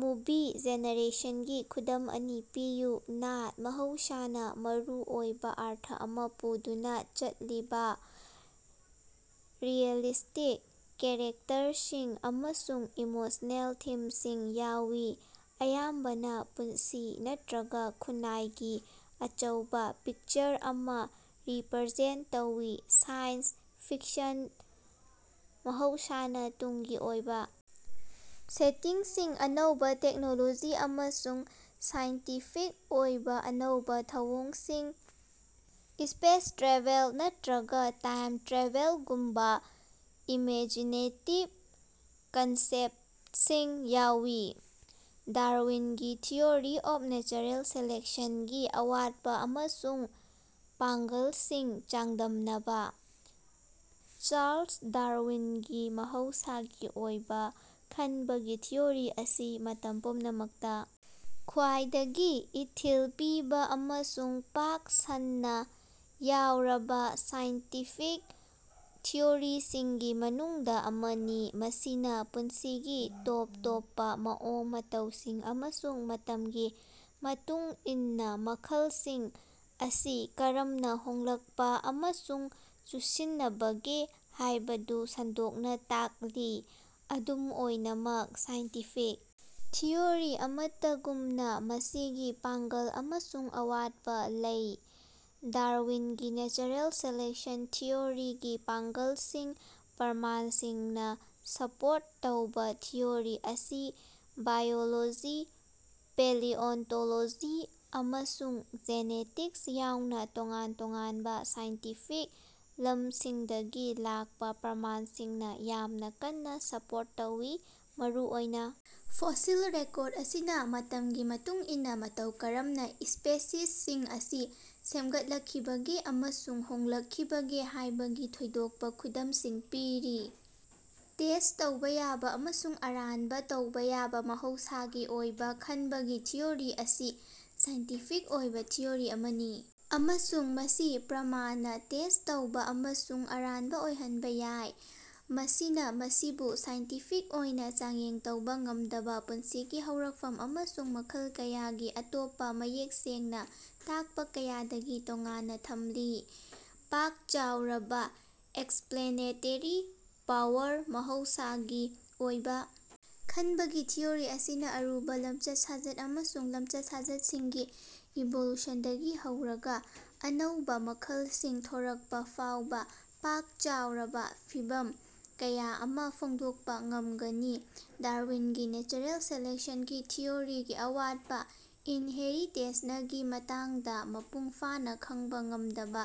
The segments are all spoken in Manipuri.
ꯃꯨꯚꯤ ꯖꯦꯅꯔꯦꯁꯟꯒꯤ ꯈꯨꯗꯝ ꯑꯅꯤ ꯄꯤꯌꯨ꯫ ꯅꯥꯠ ꯃꯍꯧꯁꯥꯅꯥ ꯃꯔꯨ ꯑꯣꯏꯕꯥ ꯑꯔꯊ ꯑꯃꯥ ꯄꯨꯗꯨꯅꯥ ꯆꯠꯂꯤꯕꯥ ꯔꯤꯑꯦꯂꯤꯁ꯭ꯇꯤꯛ ꯀꯦꯔꯦꯛꯇꯔꯁꯤꯡ ꯑꯃꯁꯨꯡ ꯏꯃꯣꯁꯅꯦꯜ ꯊꯤꯝꯁꯤꯡ ꯌꯥꯎꯏ, ꯑꯌꯥꯝꯕꯅꯥ ꯄꯨꯟꯁꯤ ꯅꯠꯇ꯭ꯔꯒꯥ ꯈꯨꯟꯅꯥꯏꯒꯤ ꯑꯆꯧꯕꯥ ꯄꯤꯛꯆꯔ ꯑꯃꯥ ꯔꯤꯞꯔꯖꯦꯟꯇ ꯇꯧꯏ꯫ ꯁꯥꯏꯟꯁ ꯐꯤꯛꯁꯟ ꯃꯍꯧꯁꯥꯅꯥ ꯇꯨꯡꯒꯤ ꯑꯣꯏꯕꯥ ꯁꯦꯇꯤꯡꯁꯤꯡ, ꯑꯅꯧꯕꯥ ꯇꯦꯛꯅꯣꯂꯣꯖꯤ ꯑꯃꯁꯨꯡ ꯁꯥꯏꯟꯇꯤꯐꯤꯛ ꯑꯣꯏꯕꯥ ꯑꯅꯧꯕꯥ ꯊꯧꯑꯣꯡꯁꯤꯡ, ꯁ꯭ꯄꯦꯁ ꯇ꯭ꯔꯥꯚꯦꯜ ꯅꯠꯇ꯭ꯔꯒꯥ ꯇꯥꯏꯝ-ꯇ꯭ꯔꯥꯚꯦꯂꯒꯨꯝꯕꯥ ꯏꯃꯦꯖꯤꯅꯦꯇꯤꯕ ꯀꯟꯁꯦꯞꯇꯁꯤꯡ ꯌꯥꯎꯏ꯫ ꯗꯥꯔꯋꯤꯟꯒꯤ ꯊꯤꯑꯣꯔꯤ ꯑꯣꯐ ꯅꯦꯆꯔꯦꯜ ꯁꯦꯂꯦꯛꯁꯟꯒꯤ ꯑꯋꯥꯠꯄꯥ ꯑꯃꯁꯨꯡ ꯄꯥꯡꯒ꯭ꯜꯁꯤꯡ ꯆꯥꯡꯗꯝꯅꯕꯥ꯫ ꯆꯥꯔꯂꯁ ꯗꯥꯔꯋꯤꯟꯒꯤ ꯃꯍꯧꯁꯥꯒꯤ ꯑꯣꯏꯕꯥ ꯈꯟꯕꯒꯤ ꯊꯤꯑꯣꯔꯤ ꯑꯁꯤ ꯃꯇꯝ ꯄꯨꯝꯅꯃꯛꯇꯥ ꯈ꯭ꯋꯥꯏꯗꯒꯤ ꯏꯊꯤꯜ ꯄꯤꯕꯥ ꯑꯃꯁꯨꯡ ꯄꯥꯛ ꯁꯟꯅꯥ ꯌꯥꯎꯔꯕꯥ ꯁꯥꯏꯟꯇꯤꯐꯤꯛ ꯊꯤꯑꯣꯔꯤꯁꯤꯡꯒꯤ ꯃꯅꯨꯡꯗꯥ ꯑꯃꯅꯤ, ꯃꯁꯤꯅꯥ ꯄꯨꯟꯁꯤꯒꯤ ꯇꯣꯞ ꯇꯣꯞꯄꯥ ꯃꯑꯣꯡ ꯃꯇꯧꯁꯤꯡ ꯑꯃꯁꯨꯡ ꯃꯇꯝꯒꯤ ꯃꯇꯨꯡ ꯏꯟꯅꯥ ꯃꯈꯜꯁꯤꯡ ꯑꯁꯤ ꯀꯔꯝꯅꯥ ꯍꯣꯡꯂꯛꯄꯥ ꯑꯃꯁꯨꯡ ꯆꯨꯁꯤꯟꯅꯕꯒꯦ ꯍꯥꯏꯕꯗꯨ ꯁꯟꯗꯣꯛꯅꯥ ꯇꯥꯛꯂꯤ꯫ ꯑꯗꯨꯝ ꯑꯣꯏꯅꯃꯛ ꯁꯥꯏꯟꯇꯤꯐꯤꯛ ꯊꯤꯑꯣꯔꯤ ꯑꯃꯠꯇꯒꯨꯝꯅꯥ ꯃꯁꯤꯒꯤ ꯄꯥꯡꯒꯜ ꯑꯃꯁꯨꯡ ꯑꯋꯥꯠꯄꯥ ꯂꯩ꯫ ꯗꯥꯔꯋꯤꯟꯒꯤ ꯅꯦꯆꯔꯦꯜ ꯁꯦꯂꯦꯛꯁꯟ ꯊꯤꯑꯣꯔꯤꯒꯤ ꯄꯥꯡ꯭ꯒꯜꯁꯤꯡ ꯄ꯭ꯔꯃꯥꯟꯁꯤꯡꯅꯥ ꯁꯄꯣꯔꯠ ꯇꯧꯕꯥ ꯊꯤꯑꯣꯔꯤ ꯑꯁꯤ ꯕꯥꯏꯑꯣꯂꯣꯖꯤ, ꯄꯦꯂꯤꯑꯣꯟꯇꯣꯂꯣꯖꯤ, ꯑꯃꯁꯨꯡ ꯖꯦꯅꯦꯇꯤꯛꯁ ꯌꯥꯎꯅꯥ ꯇꯣꯉꯥꯟ ꯇꯣꯉꯥꯟꯕꯥ ꯁꯥꯏꯟꯇꯤꯐꯤꯛ ꯂꯝꯁꯤꯡꯗꯒꯤ ꯂꯥꯛꯄꯥ ꯄ꯭ꯔꯃꯥꯟꯁꯤꯡꯅꯥ ꯌꯥꯝꯅꯥ ꯀꯟꯅꯥ ꯁꯄꯣꯔꯠ ꯇꯧꯏ꯫ ꯃꯔꯨꯑꯣꯏꯅꯥ ꯐꯣꯁꯤꯜ ꯔꯦꯀꯣꯔꯗ ꯑꯁꯤꯅꯥ ꯃꯇꯝꯒꯤ ꯃꯇꯨꯡ ꯏꯟꯅꯥ ꯃꯇꯧ ꯀꯔꯝꯅꯥ ꯁ꯭ꯄꯦꯁꯤꯁꯁꯤꯡ ꯑꯁꯤ ꯁꯦꯝꯒꯠꯂꯛꯈꯤꯕꯒꯦ ꯑꯃꯁꯨꯡ ꯍꯣꯡꯂꯛꯈꯤꯕꯒꯦ ꯍꯥꯏꯕꯒꯤ ꯊꯣꯏꯗꯣꯛꯄꯥ ꯈꯨꯗꯝꯁꯤꯡ ꯄꯤꯔꯤ꯫ ꯇꯦꯁ꯭ꯠ ꯇꯧꯕ ꯌꯥꯕ ꯑꯃꯁꯨꯡ ꯑꯔꯥꯟꯕ ꯇꯧꯕ ꯌꯥꯕ ꯃꯍꯧꯁꯥꯒꯤ ꯑꯣꯏꯕ ꯈꯟꯕꯒꯤ ꯊꯤꯑꯣꯔꯤ ꯑꯁꯤ ꯁꯥꯏꯟꯇꯤꯐꯤꯛ ꯑꯣꯏꯕ ꯊꯤꯑꯣꯔꯤ ꯑꯃꯅꯤ ꯑꯃꯁꯨꯡ ꯃꯁꯤ ꯄ꯭ꯔꯃꯥꯟꯅꯥ ꯇꯦꯁ꯭ꯠ ꯇꯧꯕ ꯑꯃꯁꯨꯡ ꯑꯔꯥꯟꯕꯥꯑꯣꯏꯍꯟꯕ ꯌꯥꯏ꯫ ꯃꯁꯤꯅꯥ ꯃꯁꯤꯕꯨ ꯁꯥꯏꯟꯇꯤꯐꯤꯛ ꯑꯣꯏꯅ ꯆꯥꯡꯌꯦꯡ ꯇꯧꯕ ꯉꯝꯗꯕꯥ ꯄꯨꯟꯁꯤꯒꯤ ꯍꯧꯔꯛꯐꯝ ꯑꯃꯁꯨꯡ ꯃꯈꯜ ꯀꯌꯥꯒꯤ ꯑꯇꯣꯞꯄꯥ ꯃꯌꯦꯛ ꯁꯦꯡꯅꯥ ꯇꯥꯛꯄꯥ ꯀꯌꯥꯗꯒꯤ ꯇꯣꯉꯥꯟꯅꯥ ꯊꯝꯂꯤ꯫ ꯄꯥꯛ ꯆꯥꯎꯔꯕꯥ ꯑꯦꯛꯁꯞꯂꯦꯅꯦꯇꯦꯔꯤ ꯄꯥꯋꯔ ꯃꯍꯧꯁꯥꯒꯤ ꯑꯣꯏꯕꯥ ꯈꯟꯕꯒꯤ ꯊꯤꯑꯣꯔꯤ ꯑꯁꯤꯅꯥ ꯑꯔꯨꯕꯥ ꯂꯝꯆꯠ ꯁꯥꯖꯠ ꯑꯃꯁꯨꯡ ꯂꯝꯆꯠ-ꯁꯥꯖꯠꯁꯤꯡꯒꯤ ꯏꯚꯣꯂꯨꯁꯟꯗꯒꯤ ꯍꯧꯔꯒꯥ ꯑꯅꯧꯕꯥ ꯃꯈꯜꯁꯤꯡ ꯊꯣꯔꯛꯄ ꯐꯥꯎꯕꯥ ꯄꯥꯛ ꯆꯥꯎꯔꯕꯥ ꯐꯤꯚꯝ ꯀꯌꯥ ꯑꯃꯥ ꯐꯣꯡꯗꯣꯛꯄꯥ ꯉꯝꯒꯅꯤ꯫ ꯗꯥꯔꯋꯤꯟꯒꯤ ꯅꯦꯆꯔꯦꯜ ꯁꯦꯂꯦꯛꯁꯟꯒꯤ ꯊꯤꯑꯣꯔꯤꯒꯤ ꯑꯋꯥꯠꯄꯥ ꯏꯟꯍꯦꯔꯤꯇꯦꯁꯅꯒꯤ ꯃꯇꯥꯡꯗꯥ ꯃꯄꯨꯡ ꯐꯥꯅꯥ ꯈꯪꯕꯥ ꯉꯝꯗꯕꯥ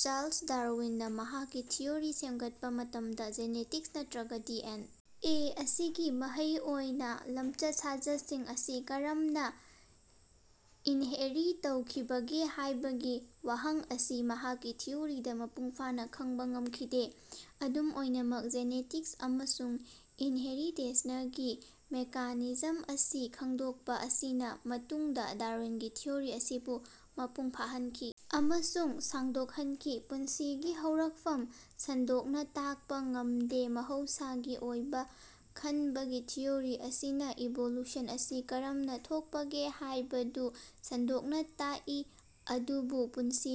ꯆꯥꯔꯂꯁ ꯗꯥꯔꯋꯤꯟꯅꯥ ꯃꯍꯥꯛꯀꯤ ꯊꯤꯑꯣꯔꯤ ꯁꯦꯝꯒꯠꯄꯥ ꯃꯇꯝꯗ ꯖꯤꯅꯦꯇꯤꯛꯁ ꯅꯠꯇ꯭ꯔꯒ ꯗꯤ.ꯑꯦꯟ. ꯑꯦ. ꯃꯁꯤꯒꯤ ꯃꯍꯩ ꯑꯣꯏꯅꯥ ꯂꯝꯆꯠ-ꯁꯥꯖꯠꯁꯤꯡ ꯑꯁꯤ ꯀꯔꯝꯅꯥ ꯏꯟꯍꯦꯔꯤ ꯇꯧꯈꯤꯕꯒꯦ ꯍꯥꯏꯕꯒꯤ ꯋꯥꯍꯪ ꯑꯁꯤ ꯃꯍꯥꯛꯀꯤ ꯊꯤꯑꯣꯔꯤꯗꯥ ꯃꯄꯨꯡ ꯐꯥꯅꯥ ꯈꯪꯕꯥ ꯉꯃꯈꯤꯗꯦ꯫ ꯑꯗꯨꯝ ꯑꯣꯏꯅꯃꯛ, ꯖꯤꯅꯦꯇꯤꯛꯁ ꯑꯃꯁꯨꯡ ꯏꯟꯍꯦꯔꯤꯇꯦꯁꯅꯒꯤ ꯃꯦꯀꯥꯅꯤꯖꯝ ꯑꯁꯤ ꯈꯪꯗꯣꯛꯄꯥ ꯑꯁꯤꯅꯥ ꯃꯇꯨꯡꯗꯥ ꯗꯥꯔꯋꯤꯟꯒꯤ ꯊꯤꯑꯣꯔꯤ ꯑꯁꯤꯕꯨ ꯃꯄꯨꯡ ꯐꯥꯍꯟꯈꯤ ꯑꯃꯁꯨꯡ ꯁꯥꯡꯗꯣꯛꯍꯅꯈꯤ꯫ ꯄꯨꯟꯁꯤꯒꯤ ꯍꯧꯔꯛꯐꯝ ꯁꯟꯗꯣꯛꯅꯥ ꯇꯥꯛꯄꯥ ꯉꯃꯗꯦ ꯃꯍꯧꯁꯥꯒꯤ ꯑꯣꯏꯕꯥ ꯈꯅꯕꯒꯤ ꯊꯤꯑꯣꯔꯤ ꯑꯁꯤꯅꯥ ꯏꯚ꯭ꯣꯂꯨꯁꯟ ꯑꯁꯤ ꯀꯔꯝꯅꯥ ꯊꯣꯛꯄꯒꯦ ꯍꯥꯏꯕꯗꯨ ꯁꯟꯗꯣꯛꯅꯥ ꯇꯥꯛꯏ ꯑꯗꯨꯕꯨ ꯄꯨꯟꯁꯤ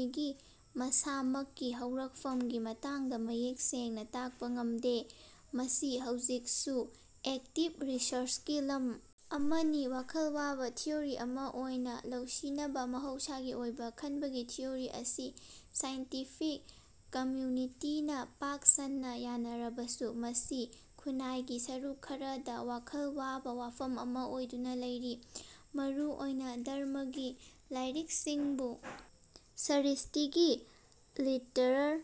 ꯃꯁꯥꯃꯛꯀꯤ ꯍꯧꯔꯛꯐꯝꯒꯤ ꯃꯇꯥꯡꯗꯥ ꯃꯌꯦꯛ ꯁꯦꯡꯅꯥ ꯇꯥꯛꯄꯥ ꯉꯝꯗꯦ꯫ ꯃꯁꯤ ꯍꯧꯖꯤꯛꯁꯨ ꯑꯦꯛꯇꯤꯕ ꯔꯤꯁꯔꯆꯀꯤ ꯂꯝ ꯑꯃꯅꯤ꯫ ꯋꯥꯈꯜ ꯋꯥꯕꯥ ꯊꯤꯑꯣꯔꯤ ꯑꯃꯥ ꯑꯣꯏꯅꯥ ꯂꯧꯁꯤꯅꯕꯥ ꯃꯍꯧꯁꯥꯒꯤ ꯑꯣꯏꯕꯥ ꯈꯟꯕꯒꯤ ꯊꯤꯑꯣꯔꯤ ꯑꯁꯤ ꯁꯥꯏꯟꯇꯤꯐꯤꯛ ꯀꯝꯌꯨꯅꯤꯇꯤꯅꯥ ꯄꯥꯛ ꯁꯟꯅꯥ ꯌꯥꯅꯔꯕꯁꯨ, ꯃꯁꯤ ꯈꯨꯟꯅꯥꯏꯒꯤ ꯁꯔꯨꯛ ꯈꯔꯗꯥ ꯋꯥꯈꯜ ꯋꯥꯕ ꯋꯥꯐꯝ ꯑꯃꯥ ꯑꯣꯏꯗꯨꯅꯥ ꯂꯩꯔꯤ, ꯃꯔꯨ ꯑꯣꯏꯅꯥ ꯙꯔꯝꯃꯒꯤ ꯂꯥꯏꯔꯤꯛꯁꯤꯡꯕꯨ ꯁ꯭ꯔ꯭ꯏꯁ꯭ꯇꯤꯒꯤ ꯂꯤꯇꯔꯜ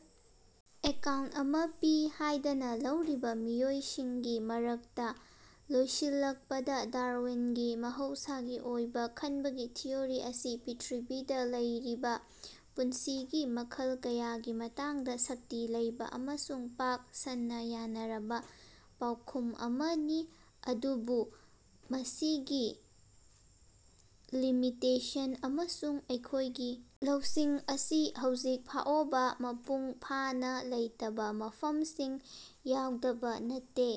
ꯑꯦꯀꯥꯎꯟꯇ ꯑꯃꯥ ꯄꯤ ꯍꯥꯏꯗꯅ ꯂꯧꯔꯤꯕꯥ ꯃꯤꯑꯣꯏꯁꯤꯡꯒꯤ ꯃꯔꯛꯇꯥ꯫ ꯂꯣꯏꯁꯤꯜꯂꯛꯄꯗꯥ, ꯗꯥꯔꯋꯤꯟꯒꯤ ꯃꯍꯧꯁꯥꯒꯤ ꯑꯣꯏꯕꯥ ꯈꯟꯕꯒꯤ ꯊꯤꯑꯣꯔꯤ ꯑꯁꯤ ꯄ꯭ꯔ꯭ꯤꯊꯤꯕꯤꯗꯥ ꯂꯩꯔꯤꯕꯥ ꯄꯨꯟꯁꯤꯒꯤ ꯃꯈꯜ ꯀꯌꯥꯒꯤ ꯃꯇꯥꯡꯗꯥ ꯁꯛꯇꯤ ꯂꯩꯕ ꯑꯃꯁꯨꯡ ꯄꯥꯛ ꯁꯟꯅꯥ ꯌꯥꯅꯔꯕꯥ ꯄꯥꯎꯈꯨꯝ ꯑꯃꯅꯤ, ꯑꯗꯨꯕꯨ ꯃꯁꯤꯒꯤ ꯂꯤꯃꯤꯇꯦꯁꯟ ꯑꯃꯁꯨꯡ ꯑꯩꯈꯣꯏꯒꯤ ꯂꯧꯁꯤꯡ ꯑꯁꯤ ꯍꯧꯖꯤꯛ ꯐꯥꯑꯣꯕꯥ ꯃꯄꯨꯡ ꯐꯥꯅꯥ ꯂꯩꯇꯕꯥ ꯃꯐꯝꯁꯤꯡ ꯌꯥꯎꯗꯕꯥ ꯅꯠꯇꯦ꯫